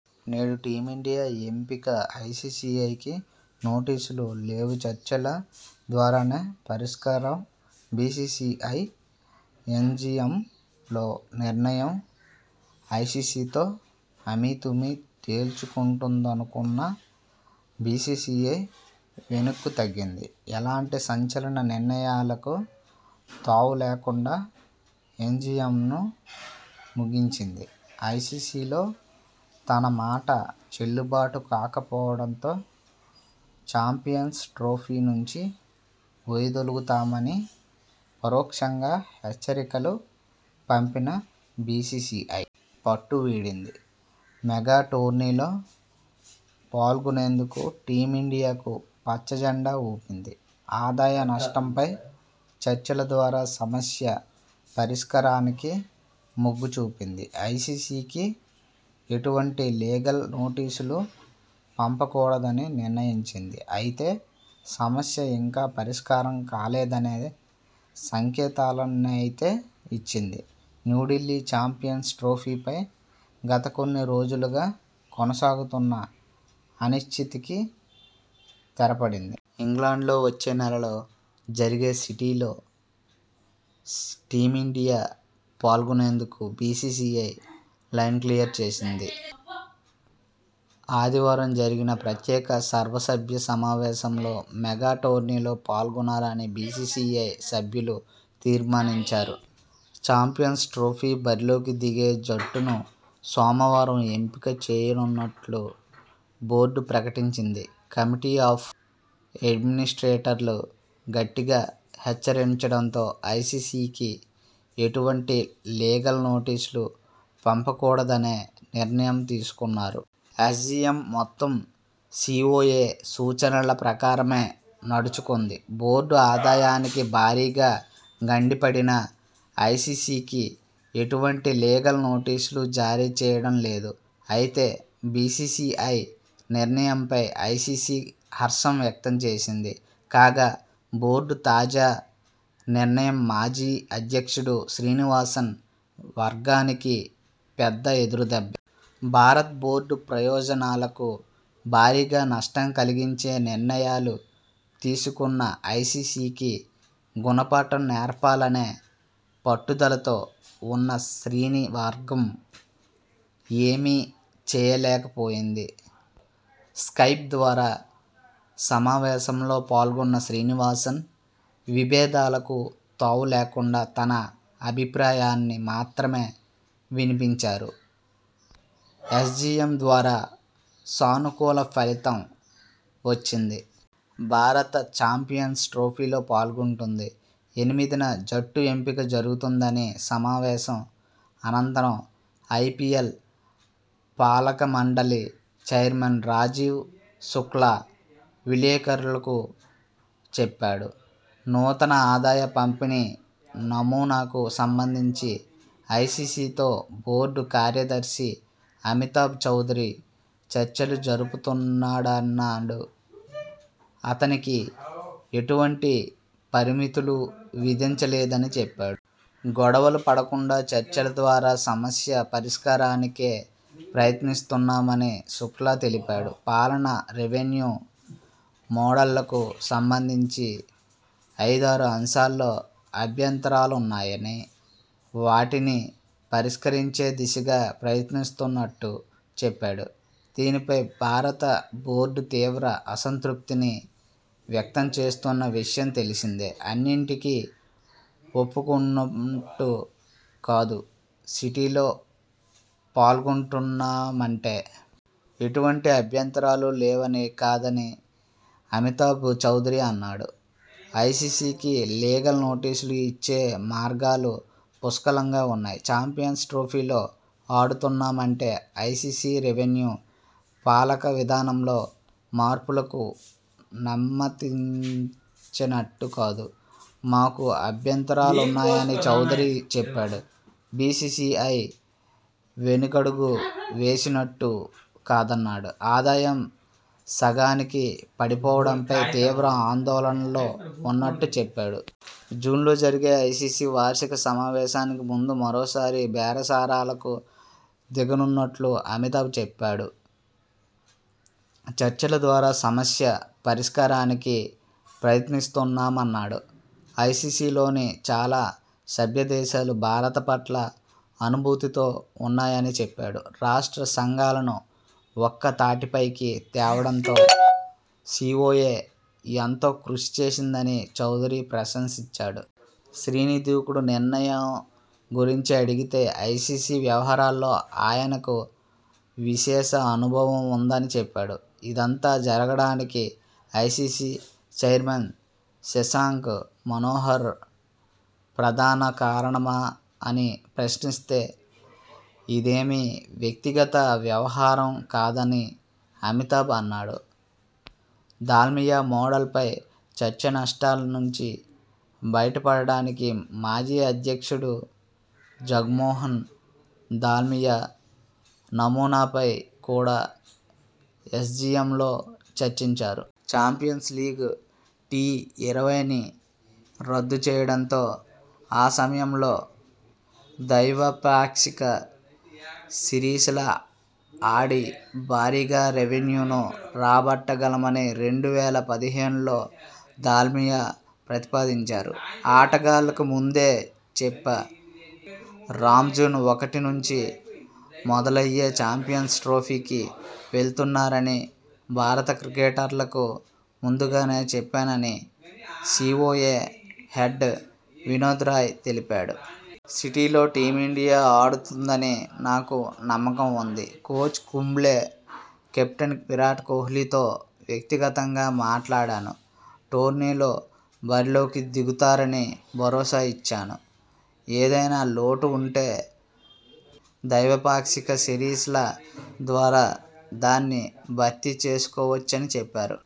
నేడు టీమిండియా ఎంపికఐసీసీకి నోటీసులు లేవుచర్చల ద్వారానే పరిష్కారంబీసీసీఐ ఎస్జీఎంలో నిర్ణయం ఐసీసీతో అమీతుమీ తేల్చుకుంటుందనుకున్న బీసీసీఐ.. వెనక్కు తగ్గింది. ఎలాంటి సంచలన నిర్ణయాలకు తావులేకుండా ఎస్జీఎంను ముగించింది. ఐసీసీలో తన మాట చెల్లుబాటు కాకపోవడంతో.. చాంపియన్స్ ట్రోఫీ నుంచి వైదొలుగుతామని పరోక్షంగా హెచ్చరికలు పంపిన బీసీసీఐ.. పట్టువీడింది. మెగా టోర్నీలో పాల్గొనేందుకు టీమిండియాకు పచ్చ జెండా ఊపింది. ఆదాయ నష్టంపై చర్చల ద్వారా సమస్య పరిష్కారానికి మొగ్గు చూపింది. ఐసీసీకి ఎటువంటి లీగల్ నోటీసులూ పంపకూడదని నిర్ణయించింది. అయితే సమస్య ఇంకా పరిష్కారం కాలేదనే సంకేతాలనైతే ఇచ్చింది..! న్యూఢిల్లీ చాంపియన్స్ ట్రోఫీ పై గత కొన్ని రోజులుగా కొనసాగుతున్న అనిశ్చితికి తెరపడింది. ఇంగ్లండ్లో వచ్చే నెలలో జరిగే సీటీలో టీమిండియా పాల్గొనేందుకు బీసీసీఐ లైన్క్లియర్ చేసింది. ఆదివారం జరిగిన ప్రత్యేక సర్వసభ్య సమావేశం లో మెగా టోర్నీలో పాల్గొనాలని బీసీసీఐ సభ్యులు తీర్మానించారు. చాంపియన్స్ ట్రోఫీ బరిలోకి దిగే జట్టును సోమవారం ఎంపిక చేయనున్నట్టు బోర్డు ప్రకటించింది. కమిటీ ఆఫ్ అడ్మినిస్ట్రేటర్లు గట్టిగా హెచ్చరించడంతో ఐసీసీకి ఎటువంటి లీగల్ నోటీసులు పంపకూడదనే నిర్ణయం తీసుకున్నారు. ఎస్జీఎం మొత్తం సీవోఏ సూచనల ప్రకారమే నడుచుకుంది. బోర్డు ఆదాయానికి భారీగా గండిపడినా ఐసీసీకి ఎటువంటి లీగల్ నోటీసులు జారీ చేయడం లేదు. అయితే బీసీసీఐ నిర్ణయంపై ఐసీసీ హర్షం వ్యక్తం చేసింది. కాగా, బోర్డు తాజా నిర్ణయం మాజీ అధ్యక్షుడు శ్రీనివాసన్ వర్గానికి పెద్ద ఎదురుదెబ్బే..! భారత బోర్డు ప్రయోజనాలకు భారీగా నష్టం కలిగించే నిర్ణయాలు తీసుకున్న ఐసీసీకి గుణపాఠం నేర్పాలనే పట్టుదలతో ఉన్న శ్రీని వర్గం.. ఏమీ చేయలేక పోయింది. స్కైప్ ద్వారా సమావేశంలో పాల్గొన్న శ్రీనివాసన్.. విభేదాలకు తావులేకుండా తన అభిప్రాయాన్ని మాత్రమే వినిపించారు. ఎస్జీఎం ద్వారా సానుకూల ఫలితం వచ్చింది. భారత చాంపియన్స్ ట్రోఫీలో పాల్గొంటుంది. ఎనిమిదిన జట్టు ఎంపిక జరుగుతుంద'ని సమావేశం అనంతరం ఐపీఎల్ పాలకమండలి చైర్మన్ రాజీవ్ శుక్లా విలేకరులకు చెప్పాడు. నూతన ఆదాయ పంపిణీ నమూనాకు సంబంధించి ఐసీసీతో బోర్డు కార్యదర్శి అమితాబ్ చౌదరి చర్చలు జరుపుతాడన్నాడు. అతడికి ఎటువంటి పరిమితులూ విధించలేదని చెప్పాడు. గొడవలు పడకుండా చర్చల ద్వారా సమస్య పరిష్కారానికే ప్రయత్నిస్తున్నామని శుక్లా తెలిపాడు. పాలన, రెవెన్యూ మోడళ్లకు సంబంధించి ఐదారు అంశాల్లో అభ్యంతరాలున్నాయని.. వాటిని పరిష్కరించే దిశగా ప్రయత్నిస్తున్నట్టు చెప్పా డు. దీనిపై భారత బోర్డు తీవ్ర అసంతృప్తిని వ్యక్తం చేస్తున్న విషయం తెలిసిందే. అన్నింటికీ ఒప్పుకున్నట్టు కాదు సీటీలో పాల్గొంటున్నామంటే.. ఎటువంటి అభ్యంతరాలూ లేవని కాదని అమితాబ్ చౌదరి అన్నాడు. ఐసీసీకి లీగల్ నోటీసులు ఇచ్చే మార్గాలు పుష్కలంగా ఉన్నాయి. చాంపియన్స్ ట్రోఫీలో ఆడుతున్నామంటే.. ఐసీసీ రెవెన్యూ, పాలక విధానంలో మార్పులకు సమ్మతించినట్టు కాదు. మాకు అభ్యంతరాలున్నాయని చౌదరి చెప్పాడు. బీసీసీఐ వెనకడుగు వేసినట్టు కాదన్నాడు. ఆదాయం సగానికి పడిపోవడంపై తీవ్ర ఆందోళనలో ఉన్నట్టు చెప్పాడు. జూన్లో జరిగే ఐసీసీ వార్షిక సమావేశానికి ముందు మరోసారి బేరసారాలకు దిగనున్నట్టు అమితాబ్ తెలిపాడు. చర్చల ద్వారా సమస్య పరిష్కారానికి ప్రయత్నిస్తున్నామన్నాడు. ఐసీసీలోని చాలా సభ్యదేశాలు భారత పట్ల సానుభూతితో ఉన్నాయని చెప్పాడు. రాష్ట్ర సంఘాలను ఒక్క తాటిపైకి తేవడంతో సీవోఏ ఎంతో కృషి చేసిందని చౌదరి ప్రశంసించాడు. శ్రీని దూకుడు నిర్ణయం గురించి అడిగితే.. ఐసీసీ వ్యవహారాల్లో ఆ యనకు విశేష అనుభవం ఉందని చెప్పాడు. ఇదంతా జరగడానికి ఐసీసీ చైర్మన్ శశాంక్ మనోహర్ ప్రధాన కారణమా అని ప్రశ్నిస్తే.. ఇదేమీ వ్యక్తిగత వ్యవహా రం కాదని అమితాబ్ అన్నాడు. దాల్మియా మోడల్ పై చర్చ నష్టాల నుంచి బయటపడడానికి మాజీ అధ్యక్షుడు జగ్మోహన్ దాల్మియా నమూనాపై కూడా ఎస్జీఎంలో చర్చించారు. చాంపియన్స్ లీగ్ టీఇరవైని రద్దు చేయడంతో ఆ సమయంలో ద్వైపాక్షిక సిరీసల ఆడి భారీగా రెవెన్యూను రాబట్టగలమని రెండు వేల పదిహేనులో దాల్మియా ప్రతిపాదించారు. ఆటగాళ్లకు ముందే చెప్పా రాయ్జూన్ ఒకటి నుంచి మొదలయ్యే చాంపియన్స్ ట్రోఫీకి వెళ్తున్నారని భారత క్రికెటర్లకు ముందుగానే చెప్పానని సీవోఏ హెడ్ వినోద్ రాయ్ తెలిపారు. సీటీలో టీమిండియా ఆడుతుందని నాకు నమ్మకం ఉంది. కోచ్ కుంబ్లే, కెప్టెన్ విరాట్ కోహ్లీతో వ్యక్తిగతంగా మాట్లాడాను. టోర్నీలో బరిలోకి దిగుతారని భరోసా ఇచ్చాను. ఏదైనా లోటు ఉంటే ద్వైపాక్షిక సిరీస్ ల ద్వారా దాన్ని భర్తీ చేసుకోవచ్చని చెప్పారు.